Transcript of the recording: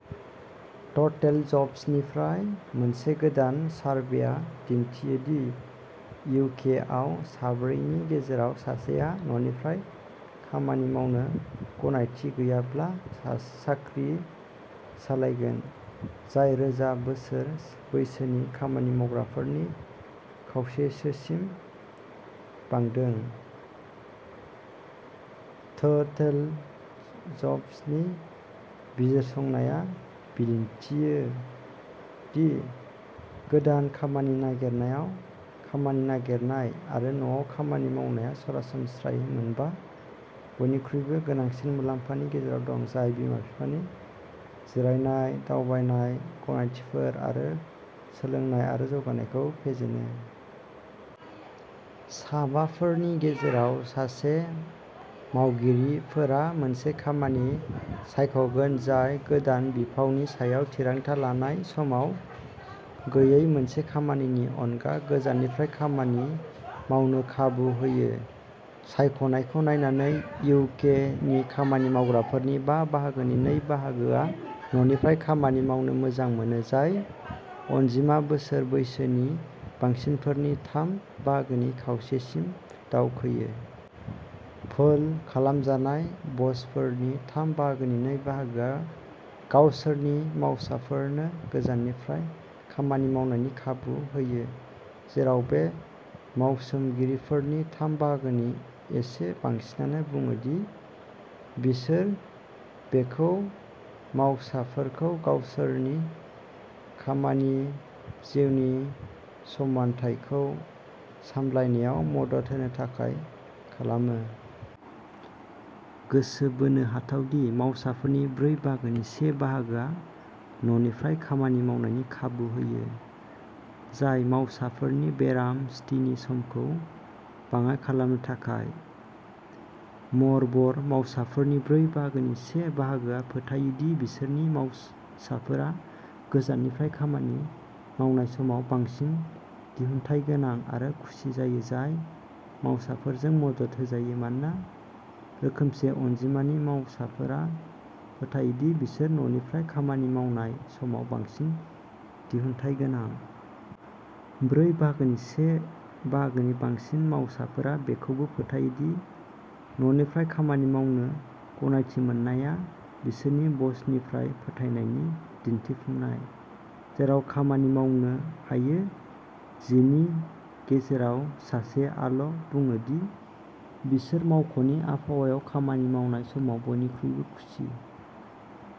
टोटलजब्सनिफ्राय मोनसे गोदान सारभेया दिन्थियो दि इउ. के. आव साब्रैनि गेजेराव सासेआ न'निफ्राय खामानि मावनो गनायथि गैयाब्ला साख्रि सोलायगोन, जाय रोजा बोसोर बैसोनि खामानि मावग्राफोरनि खावसेसोसिम बांदों। टोटलजब्स'नि बिजिरसंनाया दिन्थियो दि गोदान खामानि नागिरनायाव खामानि नागारनाय आरो न'आव खामानि मावनाया सरासनस्रायै मोनबा बयनिख्रुइबो गोनांसिन मुलाम्फानि गेजेराव दं, जाय बिमा-बिफानि जिरायनाय, दावबायनाय गनायथिफोर आरो सोलोंनाय आरो जौगानायखौ फेजेनो। साबाफोरनि गेजेराव सासे मावगिरिफोरा मोनसे खामानि सायख'गोन जाय गोदान बिफावनि सायाव थिरांथा लानाय समाव गैयै मोनसे खामानिनि अनगा गोजाननिफ्राय खामानि मावनो खाबु होयो। सायख'नायखौ नायनानै, इउ. के. नि खामानि मावग्राफोरनि बा बाहागोनि नै बाहागोआ न'निफ्राय खामानि मावनो मोजां मोनो, जाय अनजिमा बोसोर बैसोनि बांसिनफोरनि थाम बाहागोनि खावसेसिम दावखोयो। पोल खालामजानाय बसफोरनि थाम बाहागोनि नै बाहागोआ गावसोरनि मावसाफोरनो गोजाननिफ्राय खामानि मावनायनि खाबु होयो, जेराव बे मावसोमगिरिफोरनि थाम बाहागोनि एसे बांसिनानो बुङो दि बिसोर बेखौ मावसाफोरखौ गावसोरनि खामानि-जिउनि समानथायखौ सामलायनायाव मदद होनो थाखाय खालामो। गोसो बोनो हाथाव दि, मावसाफोरनि ब्रै बाहागोनि से बाहागोआ न'निफ्राय खामानि मावनायनि खाबु होयो, जाय मावसाफोरनि बेराम सुतिनि समखौ बाङाय खालामनो थाखाय। म'रभ'र, मावसाफोरनि ब्रै बाहागोनि से बाहागोआ फोथायो दि बिसोरनि मावसाफोरा गोजाननिफ्राय खामानि मावनाय समाव बांसिन दिहुनथायगोनां आरो खुसि जायो, जाय मावसाफोरजों मदद होजायो, मानोना रोखोमसे अनजिमानि मावसाफोरा फोथायो दि बिसोर न'निफ्राय खामानि मावनाय समाव बांसिन दिहुनथायगोनां। ब्रै बाहागोनि से बाहागोनि बांसिन मावसाफोरा बेखौबो फोथायो दि न'निफ्राय खामानि मावनो गनायथि मोननाया बिसोरनि बसनिफ्राय फोथायनायनि दिन्थिफुंनाय। जेराव खामानि मावनो हायो, जि नि गेजेराव सासेआल'बुङो दि बिसोर मावख'नि आबहावायाव खामानि मावनाय समाव बयनिख्रुइबो खुसि।